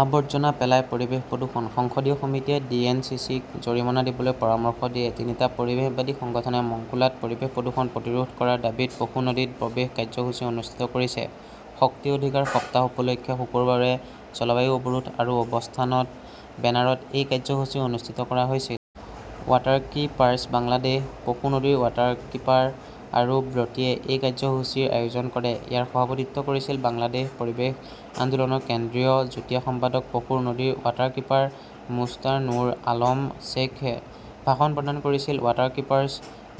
আৱৰ্জনা পেলাই পৰিৱেশ প্ৰদূষণঃ সংসদীয় সমিতিয়ে ডি. এন. চি. চি. -ক জৰিমনা দিবলৈ পৰামৰ্শ দিয়ে, তিনিটা পৰিৱেশবাদী সংগঠনে মংগোলাত পৰিৱেশ প্ৰদূষণ প্ৰতিৰোধ কৰাৰ দাবীত পশু নদীত প্ৰৱেশ কাৰ্যসূচী অনুষ্ঠিত কৰিছে। শক্তি অধিকাৰ সপ্তাহ উপলক্ষে শুকুৰবাৰে জলবায়ু অৱৰোধ আৰু অৱস্থান বেনাৰত এই কাৰ্যসূচী অনুষ্ঠিত কৰা হৈছিল। ৱাটাৰকীপাৰ্ছ বাংলাদেশ, পশু নদীৰ ৱাটাৰকীপাৰ আৰু ব্ৰতীয়ে এই কাৰ্যসূচীৰ আয়োজন কৰে। ইয়াৰ সভাপতিত্ব কৰিছিল বাংলাদেশ পৰিৱেশ আন্দোলনৰ কেন্দ্ৰীয় যুটীয়া সম্পাদক পশুৰ নদীৰ ৱাটাৰকীপাৰ মো. নুৰ আলম শ্বেইখয়ে। ভাষণ প্ৰদান কৰিছিল ৱাটাৰকীপাৰ্ছ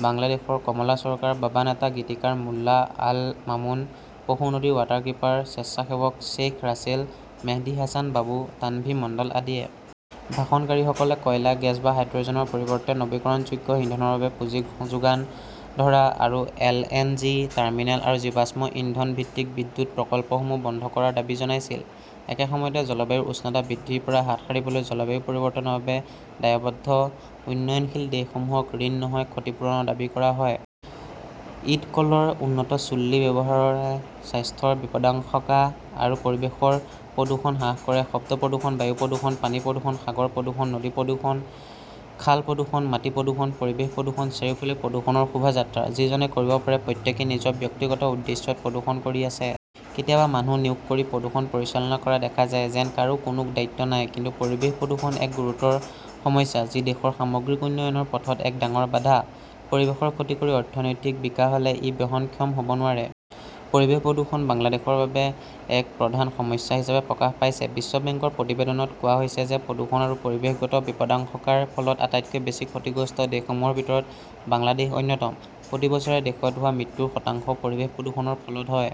বাংলাদেশৰ কমলা চৰকাৰ, বাবা নেতা গীতিকাৰ মোল্লা আল মামুন, পশু নদীৰ ৱাটাৰকীপাৰ স্বেচ্ছাসেৱক শ্বেইখ ৰাছেল, মেহদি হাছান বাবু, তানভি মণ্ডল আদিয়ে। ভাষণকাৰীসকলে কয়লা, গেছ বা হাইড্ৰ'জেনৰ পৰিৱৰ্তে নৱীকৰণযোগ্য ইন্ধনৰ বাবে পুঁজি যোগান ধৰা আৰু এলএনজি টাৰ্মিনেল আৰু জীৱাশ্ম ইন্ধন ভিত্তিক বিদ্যুৎ প্ৰকল্পসমূহ বন্ধ কৰাৰ দাবী জনাইছিল। একে সময়তে জলবায়ুৰ উষ্ণতা বৃদ্ধিৰ পৰা হাত সাৰিবলৈ জলবায়ু পৰিৱৰ্তনৰ বাবে দায়বদ্ধ উন্নয়নশীল দেশসমূহক ঋণ নহয়, ক্ষতিপূৰণৰ দাবী কৰা হয়। ইডকলৰ 'উন্নত চুল্লী' ব্যৱহাৰে স্বাস্থ্যৰ বিপদাশংকা আৰু পৰিৱেশৰ প্ৰদূষণ হ্ৰাস কৰে শব্দ প্ৰদূষণ, বায়ু প্ৰদূষণ, পানী প্ৰদূষণ, সাগৰ প্ৰদূষণ, নদী প্ৰদূষণ, খাল প্ৰদূষণ, মাটি প্ৰদূষণ, পৰিৱেশ প্ৰদূষণ, চাৰিওফালে প্ৰদূষণৰ শোভাযাত্ৰা। যিজনে কৰিব পাৰে, প্ৰত্যেকেই নিজৰ ব্যক্তিগত উদ্দেশ্যত প্ৰদূষণ কৰি আছে। কেতিয়াবা মানুহ নিয়োগ কৰি প্ৰদূষণ পৰিচালনা কৰা দেখা যায়। যেন কাৰো কোনো দায়িত্ব নাই। কিন্তু পৰিৱেশ প্ৰদূষণ এক গুৰুতৰ সমস্যা, যি দেশৰ সামগ্ৰিক উন্নয়নৰ পথত এক ডাঙৰ বাধা। পৰিৱেশৰ ক্ষতি কৰি অৰ্থনৈতিক বিকাশ হ'লে ই বহনক্ষম হ'ব নোৱাৰে। পৰিৱেশ প্ৰদূষণ বাংলাদেশৰ এক প্ৰধান সমস্যা হিচাপে প্ৰকাশ পাইছে। বিশ্ব বেংকৰ প্ৰতিবেদনত কোৱা হৈছে যে প্ৰদূষণ আৰু পৰিৱেশগত বিপদাশংকাৰ ফলত আটাইতকৈ বেছি ক্ষতিগ্ৰস্ত দেশসমূহৰ ভিতৰত বাংলাদেশ অন্যতম। প্ৰতি বছৰে দেশত হোৱা মৃত্যুৰ শতাংশ পৰিৱেশ প্ৰদূষণৰ ফলত হয়।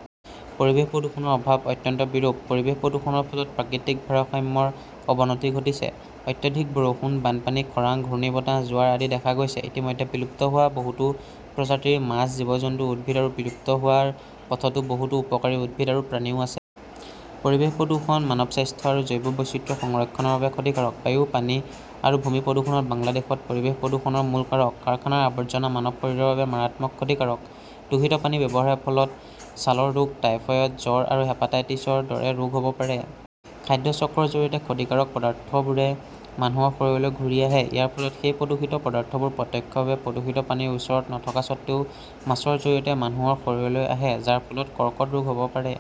পৰিৱেশ প্ৰদূষণৰ প্ৰভাৱ অত্যন্ত বিৰূপ। পৰিৱেশ প্ৰদূষণৰ ফলত প্ৰাকৃতিক ভাৰসাম্যৰ অৱনতি ঘটিছে। অত্যাধিক বৰষুণ, বানপানী, খৰাং, ঘূৰ্ণীবতাহ, জোৱাৰ আদি দেখা গৈছে। ইতিমধ্যে বিলুপ্ত হোৱা বহুতো প্ৰজাতিৰ মাছ, জীৱ-জন্তু, উদ্ভিদ আৰু বিলুপ্ত হোৱাৰ পথত বহুতো উপকাৰী উদ্ভিদ আৰু প্ৰাণীও আছে। পৰিৱেশ প্ৰদূষণ মানৱ স্বাস্থ্য আৰু জৈৱ বৈচিত্ৰ্য সংৰক্ষণৰ বাবেও ক্ষতিকাৰক। বায়ু, পানী আৰু ভূমি প্ৰদূষণ বাংলাদেশত পৰিৱেশ প্ৰদূষণৰ মূল কাৰক। কাৰখানাৰ আৱৰ্জনা মানৱ শৰীৰৰ বাবে মাৰাত্মক ক্ষতিকাৰক। দূষিত পানীৰ ব্যৱহাৰৰ ফলত ছালৰ ৰোগ, টাইফয়েড, জ্বৰ আৰু হেপাটাইটিছৰ দৰে ৰোগ হ'ব পাৰে। খাদ্য চক্ৰৰ জৰিয়তে ক্ষতিকাৰক পদাৰ্থবোৰ মানুহৰ শৰীৰলৈ ঘূৰি আহে। ইয়াৰ ফলত সেই প্ৰদূষিত পদাৰ্থবোৰ প্ৰত্যক্ষভাৱে প্ৰদূষিত পানীৰ ওচৰত নথকা স্বত্বেও মাছৰ জৰিয়তে মানুহৰ শৰীৰলৈ আহে, যাৰ ফলত কৰ্কট ৰোগ হ'ব পাৰে।